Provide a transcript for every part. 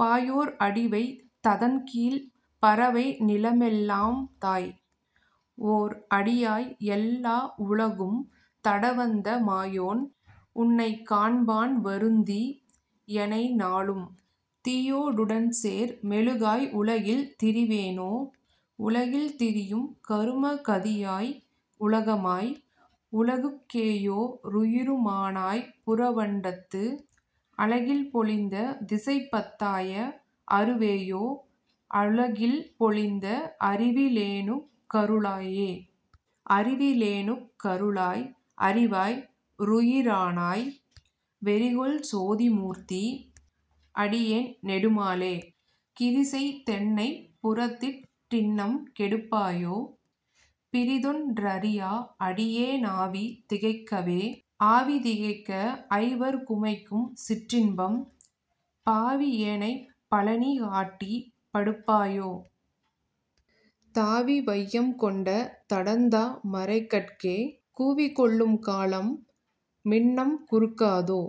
பாயோர் அடிவைத் ததன்கீழ்ப் பரவை நிலமெல்லாம் தாய், ஓர் அடியாய் எல்லா வுலகும் தடவந்த மாயோன், உன்னைக் காண்பான் வருந்தி யெனைநாளும், தீயோடுடன்சேர் மெழுகாய் உலகில் திரிவேனோ?. உலகில் திரியும் கரும கதியாய் உலகமாய், உலகுக் கேயோ ருயிரு மானாய் புறவண்டத்து, அலகில் பொலிந்த திசைபத் தாய அருவேயோ, அலகில் பொலிந்த அறிவி லேனுக் கருளாயே.. அறிவி லேனுக் கருளாய் அறிவா ருயிரானாய், வெறிகொள் சோதி மூர்த்தி. அடியேன் நெடுமாலே, கிறிசெய் தென்னைப் புறதிட் டின்னம் கெடுப்பாயோ, பிறிதொன் றறியா அடியே னாவி திகைக்கவே?. ஆவி திகைக்க ஐவர் குமைக்கும் சிற்றின்பம், பாவி யேனைப் பலநீ காட்டிப் படுப்பாயோ, தாவி வையம் கொண்ட தடந்தா மரைகட்கே, கூவிக் கொள்ளும் கால மின்னம் குறுகாதோ?.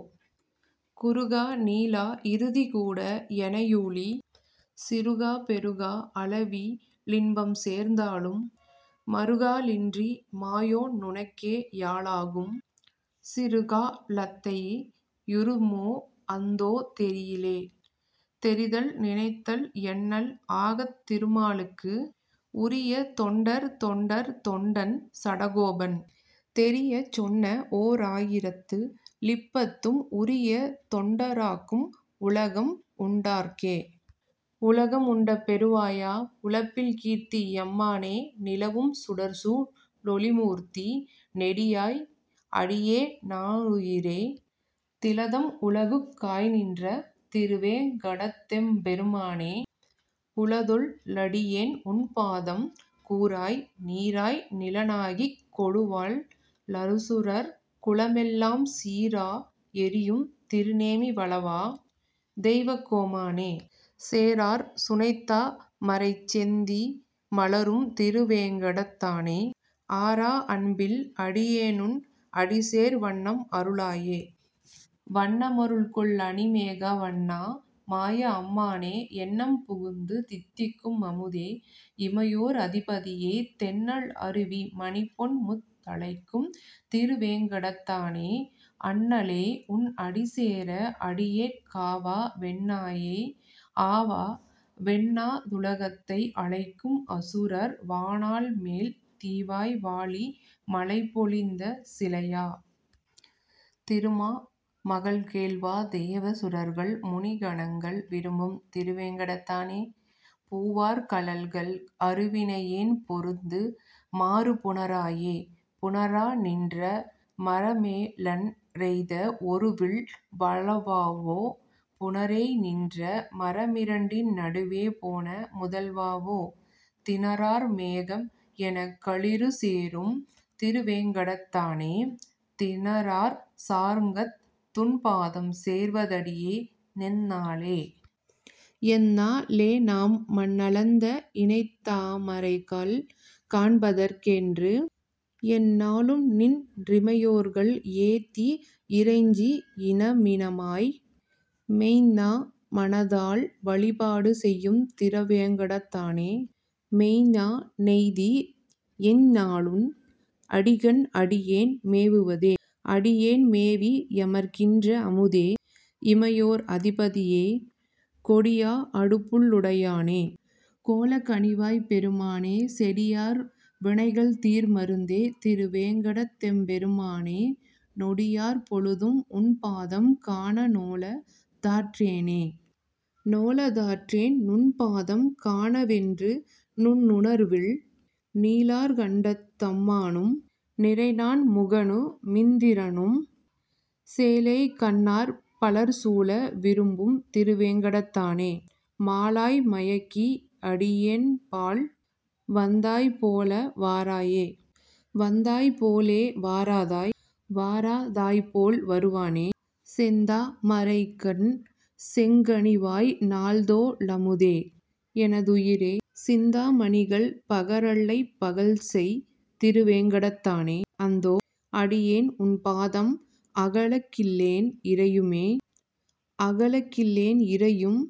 குறுகா நீளா இறுதி கூடா எனையூழி, சிறுகா பெருகா அளவி லின்பம் சேர்ந்தாலும், மறுகா லின்றி மாயோ னுனக்கே யாளாகும், சிறுகா லத்தை யுறுமோ அந்தோ தெரியிலே? தெரிதல் நினைதல் எண்ணல் ஆகாத் திருமாலுக்கு, உரிய தொண்டர் தொண்டர் தொண்டன் சடகோபன், தெரியச் சொன்ன ஓரா யிரத்து ளிப்பத்தும் உரிய தொண்ட ராக்கும் உலகம் உண்டாற்கே. உலகம் உண்ட பெருவாயா. உலப்பில் கீர்த்தி யம்மானே, நிலவும் சுடர்சூ ழொளிமூர்த்தி. நெடியாய். அடியே னாருயிரே, திலதம் உலகுக் காய்நின்ற திருவேங் கடத்தெம் பெருமானே, குலதொல் லடியேன் உன்பாதம் கூறாய் நீறாய் நிலனாகிக் கொடுவல் லசுரர் குலமெல்லாம் சீறா எறியும் திருநேமி வலவா. தெய்வக் கோமானே, சேறார் சுனைத்தா மரைசெந்தீ மலரும் திருவேங் கடத்தானே, ஆறா அன்பில் அடியேனுன் அடிசேர் வண்ணம் அருளாயே.. வண்ண மருள்கொள் அணிமேக வண்ணா. மாய அம்மானே, எண்ணம் புகுந்து தித்திக்கும் அமுதே. இமையோர் அதிபதியே, தெண்ணல் அருவி மணிபொன்முத் தலைக்கும் திருவேங் கடத்தானே, அண்ண லே. உன் அடிசேர அடியேற் காவா வென்னாயே.. ஆவா வென்னா துலகத்தை அலைக்கும் அசுரர் வாணாள்மேல், தீவாய் வாளி மழைபொழிந்த சிலையா. திருமா மகள்கேள்வா, தேவா சுரர்கள் முனிக்கணங்கள் விரும்பும் திருவேங் கடத்தானே, பூவார் கழல்கள் அருவினையேன் பொருந்து மாறு புணராயே.. புணரா நின்ற மரமேழன் றெய்த வொருவில் வலவாவோ, புணரேய் நின்ற மரமிரண்டின் நடுவே போன முதல்வாவோ, திணரார் மேகம் எனக்களிறு சேரும் திருவேங் கடத்தானே, திணரார் சார்ங்கத் துன்பாதம் சேர்வ தடியே னெந்நாளே?. எந்நா ளேநாம் மண்ணளந்த இணைத்தா மரைகள் காண்பதற்கெ ன்று, எந்நா ளும்நின் றிமையோர்கள் ஏத்தி யிறைஞ்சி யினமினமாய், மெய்ந்நா மனத்தால் வழிபாடு செய்யும் திருவேங் கடத்தானே, மெய்ந்நா னெய்தி யெந்நாளுன் அடிக்கண் அடியேன் மேவுவதே?. அடியேன் மேவி யமர்கின்ற அமுதே. இமையோர் அதிபதியே, கொடியா அடுபுள் ளுடையானே. கோலக் கனிவாய்ப் பெருமானே, செடியார் வினைகள் தீர்மருந்தே. திருவேங் கடத்தெம் பெருமானே, நொடியார் பொழுதும் உன்பாதம் காண நோலா தாற்றேனே.. நோலா தாற்றேன் நுன்பாதம் காண வென்று நுண்ணுணர்வில், நீலார் கண்டத் தம்மானும் நிறைநான் முகனு மிந்திரனும், சேலேய் கண்ணார் பலர்சூழ விரும்பும் திருவேங் கடத்தானே, மாலாய் மயக்கி யடியேன்பால் வந்தாய் போல வாராயே.. வந்தாய் போலே வாராதாய். வாரா தாய்போல் வருவானே, செந்தா மரைக்கண் செங்கனிவாய் நால்தோ ளமுதே. எனதுயிரே, சிந்தா மணிகள் பகரல்லைப் பகல்செய் திருவேங் கடத்தானே, அந்தோ. அடியேன் உன்பாதம் அகல கில்லேன் இறையுமே.. அகல கில்லேன் இறையும்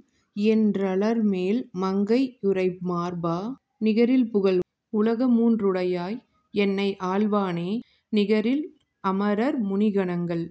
என் றலர்மேல் மங்கை யுறைமார்பா, நிகரில் புகழாய். உலகமூன் றுடையாய். என்னை ஆள்வானே, நிகரில் அமரர் முனிக்கணங்கள்